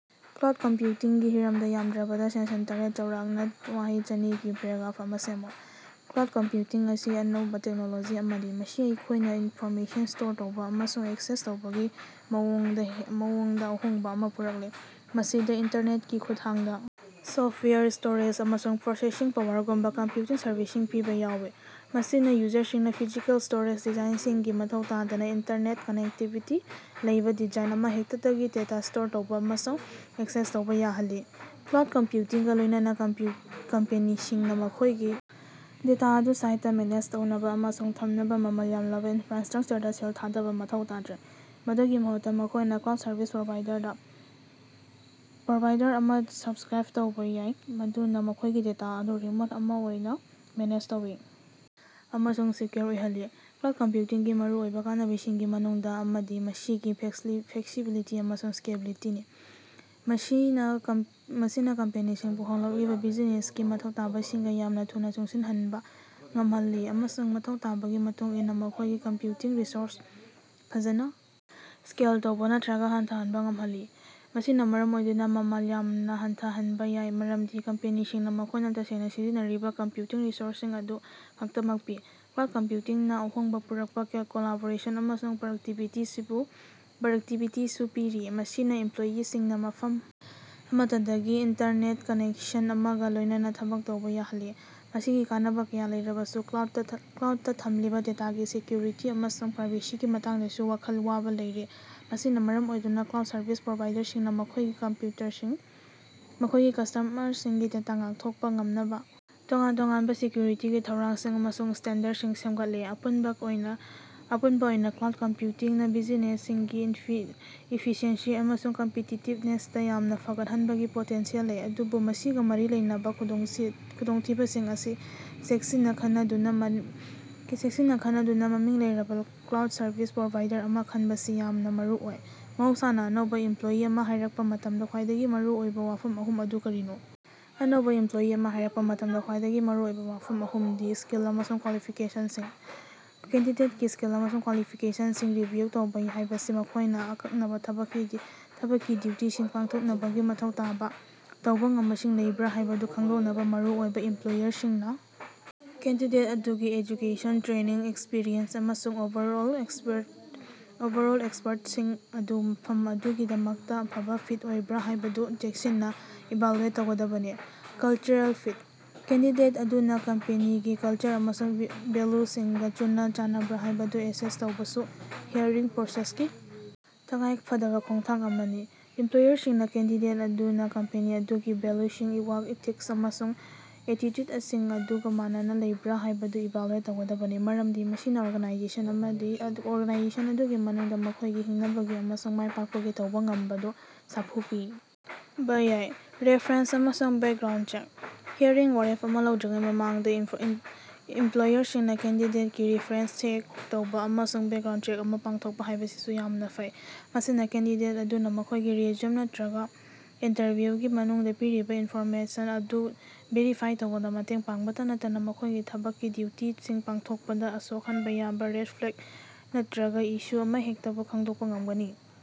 Cloud ꯀꯝꯄ꯭ꯌꯨꯇꯤꯡꯒꯤ ꯍꯤꯔꯝꯗ ꯌꯥꯝꯗ꯭ꯔꯕꯗ ꯁꯦꯟꯁꯟ ꯇꯔꯦꯠ ꯆꯥꯎꯔꯥꯛꯅ ꯋꯥꯍꯩ ꯆꯅꯤꯒꯤ ꯄꯦꯔꯥꯒ꯭ꯔꯥꯐ ꯑꯃ ꯁꯦꯝꯃꯨ꯫ ꯀ꯭ꯂꯥꯎꯗ ꯀꯝꯄ꯭ꯌꯨꯇꯤꯡ ꯑꯁꯤ ꯑꯅꯧꯕ ꯇꯦꯛꯅꯣꯂꯣꯖꯤ ꯑꯃꯅꯤ ꯃꯁꯤꯅ ꯑꯩꯈꯣꯏꯅ ꯏꯅꯐꯣꯔꯃꯦꯁꯟ ꯁ꯭ꯇꯣꯔ ꯇꯧꯕ ꯑꯃꯁꯨꯡ ꯑꯦꯛꯁꯦꯁ ꯇꯧꯕꯒꯤ ꯃꯑꯣꯡꯗ ꯃꯑꯣꯡꯗ ꯑꯍꯣꯡꯕ ꯑꯃ ꯄꯨꯔꯛꯂꯦ꯫ ꯃꯁꯤꯗ ꯏꯟꯇꯔꯅꯦꯠꯀꯤ ꯈꯨꯠꯊꯥꯡꯗ ꯁꯣꯐꯇꯋꯥꯌꯔ, ꯁ꯭ꯇꯣꯔꯦꯖ, ꯑꯃꯁꯨꯡ ꯄ꯭ꯔꯣꯁꯦꯁꯤꯡ ꯄꯥꯋꯔꯒꯨꯝꯕ ꯀꯝꯄ꯭ꯌꯨꯇꯤꯡ ꯁꯔꯚꯤꯁꯁꯤꯡ ꯄꯤꯕ ꯌꯥꯎꯏ꯫ ꯃꯁꯤꯅ ꯌꯨꯖꯔꯁꯤꯡꯅ ꯐꯤꯖꯤꯀꯦꯜ ꯁ꯭ꯇꯣꯔꯦꯖ ꯗꯤꯚꯥꯏꯁꯁꯤꯡꯒꯤ ꯃꯊꯧ ꯇꯥꯗꯅ ꯏꯟꯇꯔꯅꯦꯠ ꯀꯅꯦꯛꯇꯤꯚꯤꯇꯤ ꯂꯩꯕ ꯗꯤꯚꯥꯏꯁ ꯑꯃꯍꯦꯛꯇꯗꯒꯤ ꯗꯦꯇꯥ ꯁ꯭ꯇꯣꯔ ꯇꯧꯕ ꯑꯃꯁꯨꯡ ꯑꯦꯛꯁꯦꯁ ꯇꯧꯕ ꯌꯥꯍꯜꯂꯤ꯫ ꯀ꯭ꯂꯥꯎꯗ ꯀꯝꯄ꯭ꯌꯨꯇꯤꯡꯒ ꯂꯣꯏꯅꯅ ꯀꯝꯄ꯭ꯌꯨ ꯀꯝꯄꯦꯅꯤꯁꯤꯡꯅ ꯃꯈꯣꯏꯒꯤ ꯗꯦꯇꯥ ꯑꯗꯨ ꯁꯥꯏꯠꯇ ꯃꯦꯅꯦꯖ ꯇꯧꯅꯕ ꯑꯃꯁꯨꯡ ꯊꯝꯅꯕ ꯃꯃꯜ ꯌꯥꯝꯂꯕ ꯏꯅꯐ꯭ꯔꯥꯁ꯭ꯇꯔꯛꯆꯔꯗ ꯁꯦꯜ ꯊꯥꯗꯕ ꯃꯊꯧ ꯇꯥꯗ꯭ꯔꯦ꯫ ꯃꯗꯨꯒꯤ ꯃꯍꯨꯠꯇ ꯃꯈꯣꯏꯅ ꯀ꯭ꯂꯥꯎꯗ ꯁꯔꯚꯤꯁ ꯄ꯭ꯔꯣꯚꯥꯏꯗꯔꯗ ꯄ꯭ꯔꯣꯚꯥꯏꯗꯔ ꯑꯃꯗ ꯁꯕꯁ꯭ꯀꯔꯥꯏꯕ ꯇꯧꯕ ꯌꯥꯏ꯫ ꯃꯗꯨꯅ ꯃꯈꯣꯏꯒꯤ ꯗꯦꯇꯥ ꯑꯗꯨ ꯔꯤꯃꯣꯠ ꯑꯣꯏꯅ ꯃꯦꯅꯦꯖ ꯇꯧꯏ ꯫ ꯑꯃꯁꯨꯡ ꯁꯦꯛꯌꯨꯑꯣꯔ ꯑꯣꯏꯍꯜꯂꯤ꯫ ꯀ꯭ꯂꯥꯎꯗ ꯀꯝꯞꯌꯨꯇꯤꯡꯒꯤ ꯃꯔꯨꯑꯣꯏꯕ ꯀꯥꯟꯅꯕꯁꯤꯡꯒꯤ ꯃꯅꯨꯡꯗ ꯑꯃꯗꯤ ꯃꯁꯤꯒꯤ ꯐ꯭ꯂꯦꯛꯁꯤꯕꯤꯂꯤꯇꯤ ꯑꯃꯁꯨꯡ ꯁ꯭ꯀꯦꯂꯦꯕꯤꯂꯤꯇꯤꯅꯤ꯫ ꯃꯁꯤꯅ ꯀꯝꯄꯦꯅꯤꯁꯤꯡꯕꯨ ꯍꯣꯡꯂꯛꯂꯤꯕ ꯕꯤꯖꯤꯅꯦꯁꯀꯤ ꯃꯊꯧ ꯇꯥꯕꯁꯤꯡꯒ ꯌꯥꯝꯅ ꯊꯨꯅ ꯆꯨꯁꯤꯟꯅꯍꯟꯕ ꯉꯝꯍꯜꯂꯤ ꯫ ꯑꯃꯁꯨꯡ ꯃꯊꯧ ꯇꯥꯕꯒꯤ ꯃꯇꯨꯡ ꯏꯟꯅ ꯃꯈꯣꯏꯒꯤ ꯀꯝꯄ꯭ꯌꯨꯇꯤꯡ ꯔꯤꯁꯣꯔꯁꯁꯤꯡ ꯐꯖꯅ ꯁ꯭ꯀꯦꯜ ꯇꯧꯕ ꯅꯠꯇ꯭ꯔꯒ ꯍꯟꯊꯍꯟꯕ ꯉꯝꯍꯜꯂꯤ꯫ ꯃꯁꯤꯅ ꯃꯔꯝ ꯑꯣꯏꯗꯨꯅ ꯃꯃꯜ ꯌꯥꯝꯅ ꯍꯟꯊꯍꯟꯕ ꯌꯥꯏ ꯃꯔꯝꯗꯤ ꯀꯝꯄꯦꯅꯤꯁꯤꯡꯅ ꯃꯈꯣꯏꯅ ꯇꯁꯦꯡꯅ ꯁꯤꯖꯤꯟꯅꯔꯤꯕ ꯀꯝꯄ꯭ꯌꯨꯇꯤꯡ ꯔꯤꯁꯣꯔꯁꯁꯤꯡ ꯑꯗꯨ ꯈꯛꯇꯃꯛ ꯄꯤ꯫ ꯀ꯭ꯂꯥꯎꯗ ꯀꯝꯄ꯭ꯌꯨꯇꯤꯡꯅ ꯑꯍꯣꯡꯕ ꯄꯨꯔꯛꯄ ꯀꯣꯂꯥꯕꯣꯔꯦꯁꯟ ꯑꯃꯁꯨꯡ ꯄ꯭ꯔꯗꯛꯇꯤꯕꯤꯇꯤꯁꯨ ꯄꯤꯔꯤ꯫ ꯃꯁꯤꯅ ꯏꯃꯞꯂꯣꯌꯤꯁꯤꯡꯅ ꯃꯐꯝ ꯑꯃꯠꯇꯗꯒꯤ ꯏꯟꯇꯔꯅꯦꯠ ꯀꯅꯦꯛꯁꯟ ꯑꯃꯒ ꯂꯣꯏꯅꯅ ꯊꯕꯛ ꯇꯧꯕ ꯌꯥꯍꯜꯂꯤ꯫ ꯃꯁꯤꯒꯤ ꯀꯥꯟꯅꯕ ꯀꯌꯥ ꯂꯩꯔꯕꯁꯨ ꯀ꯭ꯂꯥꯎꯗꯇ ꯊꯝꯂꯤꯕ ꯗꯦꯇꯥꯒꯤ ꯁꯦꯛꯌꯨꯔꯤꯇꯤ ꯑꯃꯁꯨꯡ ꯄ꯭ꯔꯥꯏꯕꯦꯁꯤꯒꯤ ꯃꯇꯥꯡꯗꯁꯨ ꯋꯥꯈꯜ ꯋꯥꯕ ꯂꯩꯔꯤ꯫ ꯃꯁꯤꯅ ꯃꯔꯝ ꯑꯣꯏꯗꯨꯅ ꯀ꯭ꯂꯥꯎꯗ ꯁꯔꯕꯤꯁ ꯄ꯭ꯔꯣꯚꯥꯏꯗꯔꯁꯤꯡꯅ ꯃꯈꯣꯏꯒꯤ ꯀꯁ꯭ꯇꯃꯔꯁꯤꯡꯒꯤ ꯗꯦꯇꯥ ꯉꯥꯛꯊꯣꯛꯄ ꯉꯝꯅꯕ ꯇꯣꯉꯥꯟ ꯇꯣꯉꯥꯟꯕ ꯁꯦꯛꯌꯨꯔꯤꯇꯤꯒꯤ ꯊꯧꯔꯥꯡꯁꯤꯡ ꯑꯃꯁꯨꯡ ꯁ꯭ꯇꯦꯟꯗꯔꯗꯁꯤꯡ ꯁꯦꯝꯒꯠꯂꯦ꯫ ꯑꯄꯨꯟꯕ ꯑꯣꯏꯅ ꯀ꯭ꯂꯥꯎꯗ ꯀꯝꯄ꯭ꯌꯨꯇꯤꯡꯅ ꯕꯤꯖꯤꯅꯦꯁꯁꯤꯡꯒꯤ ꯏꯐꯤꯁꯤꯑꯦꯟꯁꯤ ꯑꯃꯁꯨꯡ ꯀꯝꯄꯤꯇꯤꯇꯤꯞꯅꯦꯁꯇ ꯌꯥꯝꯅ ꯐꯒꯠꯍꯟꯕꯒꯤ ꯄꯣꯇꯦꯟꯁꯤꯌꯦꯜ ꯂꯩ꯫ ꯑꯗꯨꯕꯨ ꯃꯁꯤꯒ ꯃꯔꯤ ꯂꯩꯅꯕ ꯈꯨꯗꯣꯡꯊꯤꯕꯁꯤꯡ ꯑꯁꯤ ꯆꯦꯛꯁꯤꯟꯅ ꯈꯟꯅꯗꯨꯅ ꯃꯃꯤꯡ ꯂꯩꯔꯕ ꯀ꯭ꯂꯥꯎꯗ ꯁꯔꯕꯤꯁ ꯄ꯭ꯔꯣꯚꯥꯏꯗꯔ ꯑꯃ ꯈꯟꯕꯁꯤ ꯌꯥꯝꯅ ꯃꯔꯨꯑꯣꯏ꯫ ꯃꯍꯧꯁꯥꯅ ꯑꯅꯧꯕ ꯏꯝꯞꯂꯣꯌꯤ ꯑꯃ ꯍꯥꯏꯔꯛꯄ ꯃꯇꯝꯗ ꯈ꯭ꯋꯥꯏꯗꯒꯤ ꯃꯔꯨꯑꯣꯏꯕ ꯋꯥꯐꯝ ꯑꯍꯨꯝ ꯑꯗꯨ ꯀꯔꯤꯅꯣ? ꯑꯅꯧꯕ ꯏꯃꯞꯂꯣꯌꯤ ꯑꯃ ꯍꯥꯏꯔꯛꯄ ꯃꯇꯝꯗ ꯈ꯭ꯋꯥꯏꯗꯒꯤ ꯃꯔꯨꯑꯣꯏꯕ ꯋꯥꯐꯝ ꯑꯍꯨꯝꯗꯤ: ꯁ꯭ꯀꯤꯜ ꯑꯃꯁꯨꯡ ꯀ꯭ꯋꯥꯂꯤꯐꯤꯀꯦꯁꯟꯁꯤꯡ: ꯀꯦꯟꯗꯤꯗꯦꯠꯀꯤ ꯁ꯭ꯀꯤꯜ ꯑꯃꯁꯨꯡ ꯀ꯭ꯋꯥꯂꯤꯐꯤꯀꯦꯁꯟꯁꯤꯡ ꯔꯤꯚꯤꯌꯨ ꯇꯧꯕ ꯍꯥꯏꯕꯁꯤ ꯃꯈꯣꯏꯅ ꯑꯀꯛꯅꯕ ꯊꯕꯛꯀꯤ ꯗ꯭ꯌꯨꯇꯤꯁꯤꯡ ꯄꯥꯡꯊꯣꯛꯅꯕꯒꯤ ꯃꯊꯧ ꯇꯥꯕ ꯇꯧꯕ ꯉꯝꯕꯁꯤꯡ ꯂꯩꯕ꯭ꯔ ꯍꯥꯏꯕꯗꯨ ꯈꯪꯗꯣꯛꯅꯕ ꯃꯔꯨꯑꯣꯏ꯫ ꯏꯝꯄꯂꯣꯌꯔꯁꯤꯡꯅ ꯀꯦꯟꯗꯤꯗꯦꯠ ꯑꯗꯨꯒꯤ ꯑꯦꯖꯨꯀꯦꯁꯟ, ꯇ꯭ꯔꯦꯅꯤꯡ, ꯑꯦꯛꯁꯄꯤꯔꯤꯑꯦꯟꯁ ꯑꯃꯁꯨꯡ ꯑꯣꯚꯔꯑꯣꯜ ꯑꯦꯛꯁꯄꯔꯇꯁꯤꯡ ꯑꯗꯨ ꯐꯝ ꯑꯗꯨꯒꯤꯗꯃꯛꯇ ꯑꯐꯕ ꯐꯤꯠ ꯑꯣꯏꯕ꯭ꯔ ꯍꯥꯏꯕꯗꯨ ꯆꯦꯛꯁꯤꯟꯅ ꯏꯚꯥꯜꯌꯨꯑꯦꯠ ꯇꯧꯒꯗꯕꯅꯤ꯫ ꯀꯂꯆꯔꯦꯜ ꯐꯤꯠ: ꯀꯦꯟꯗꯤꯗꯦꯠ ꯑꯗꯨꯅ ꯀꯝꯄꯦꯅꯤꯒꯤ ꯀꯂꯆꯔ ꯑꯃꯁꯨꯡ ꯚꯦꯜꯌꯨꯁꯤꯡꯒ ꯆꯨꯅꯕ ꯌꯥꯕꯔ ꯍꯥꯏꯕꯗꯨ ꯑꯦꯁꯦꯁ ꯇꯧꯕꯁꯨ ꯍꯥꯏꯔꯤꯡ ꯄ꯭ꯔꯣꯁꯦꯁꯀꯤ ꯇꯉꯥꯏ ꯐꯗꯕ ꯈꯣꯡꯊꯥꯡ ꯑꯃꯅꯤ꯫ ꯏꯃꯞꯂꯣꯌꯔꯁꯤꯡꯅ ꯀꯦꯟꯗꯤꯗꯦꯠ ꯑꯗꯨꯅ ꯀꯝꯄꯅꯤ ꯑꯗꯨꯒꯤ ꯚꯦꯜꯌꯨꯁꯤꯡ, ꯋꯥꯔꯛ ꯏꯊꯤꯛꯁ ꯑꯃꯁꯨꯡ ꯑꯦꯇꯤꯆꯨꯗꯁꯤꯡ ꯑꯗꯨꯒ ꯃꯥꯟꯅꯅ ꯂꯩꯕ꯭ꯔꯥ ꯍꯥꯏꯕꯗꯨ ꯏꯚꯥꯜꯌꯨꯑꯦꯠ ꯇꯧꯒꯗꯕꯅꯤ꯫ ꯃꯔꯝꯗꯤ ꯃꯁꯤꯅ ꯑꯣꯔꯒꯥꯅꯥꯏꯖꯦꯁꯟ ꯑꯗꯨꯒꯤ ꯃꯅꯨꯡꯗ ꯃꯈꯣꯏꯒꯤ ꯍꯤꯡꯅꯕꯒꯤ ꯑꯃꯁꯨꯡ ꯃꯥꯏꯄꯥꯛꯄꯒꯤ ꯇꯧꯕ ꯉꯝꯕꯗꯨꯗ ꯁꯥꯐꯨ ꯄꯤꯕ ꯌꯥꯏ꯫ ꯔꯦꯐꯥꯔꯦꯟꯁ ꯑꯃꯁꯨꯡ ꯕꯦꯀꯒ꯭ꯔꯥꯎꯟꯗ ꯆꯦꯛ: ꯍꯥꯏꯔꯤꯡꯒꯤ ꯋꯥꯔꯦꯞ ꯑꯃ ꯂꯧꯗ꯭ꯔꯤꯉꯩ ꯃꯃꯥꯡꯗ, ꯏꯃꯞꯂꯣꯌꯔꯁꯤꯡꯅ ꯀꯦꯟꯗꯤꯗꯦꯠꯀꯤ ꯔꯤꯐꯔꯦꯟꯁꯁꯤꯡ ꯆꯦꯛ ꯇꯧꯕ ꯑꯃꯁꯨꯡ ꯕꯦꯀꯒ꯭ꯔꯥꯎꯟꯗ ꯆꯦꯛ ꯑꯃ ꯄꯥꯡꯊꯣꯛꯄ ꯍꯥꯏꯕꯁꯤꯁꯨ ꯌꯥꯝꯅ ꯐꯩ꯫ ꯃꯁꯤꯅ ꯀꯦꯟꯗꯤꯗꯦꯠ ꯑꯗꯨꯅ ꯃꯈꯣꯏꯒꯤ ꯔꯤꯖ꯭ꯌꯨꯝꯗ ꯅꯠꯇ꯭ꯔꯒ ꯏꯟꯇꯔꯚ꯭ꯌꯨꯒꯤ ꯃꯅꯨꯡꯗ ꯄꯤꯔꯤꯕ ꯏꯅꯐꯣꯔꯃꯦꯁꯟ ꯑꯗꯨ ꯚꯦꯔꯤꯐꯥꯏ ꯇꯧꯕꯗ ꯃꯇꯦꯡ ꯄꯥꯡꯕꯇ ꯅꯠꯇꯅ ꯃꯈꯣꯢꯒꯤ ꯊꯕꯛꯀꯤ ꯗ꯭ꯌꯨꯇꯤꯁꯤꯡ ꯄꯥꯡꯊꯣꯛꯄꯗ ꯁꯣꯛꯍꯟꯕ ꯌꯥꯕ ꯔꯦꯗ ꯐ꯭ꯂꯦꯒ ꯅꯠꯇ꯭ꯔꯒ ꯏꯁꯨ ꯑꯃꯍꯦꯛꯇꯕꯨ ꯈꯪꯗꯣꯛꯄ ꯉꯝꯒꯅꯤ꯫।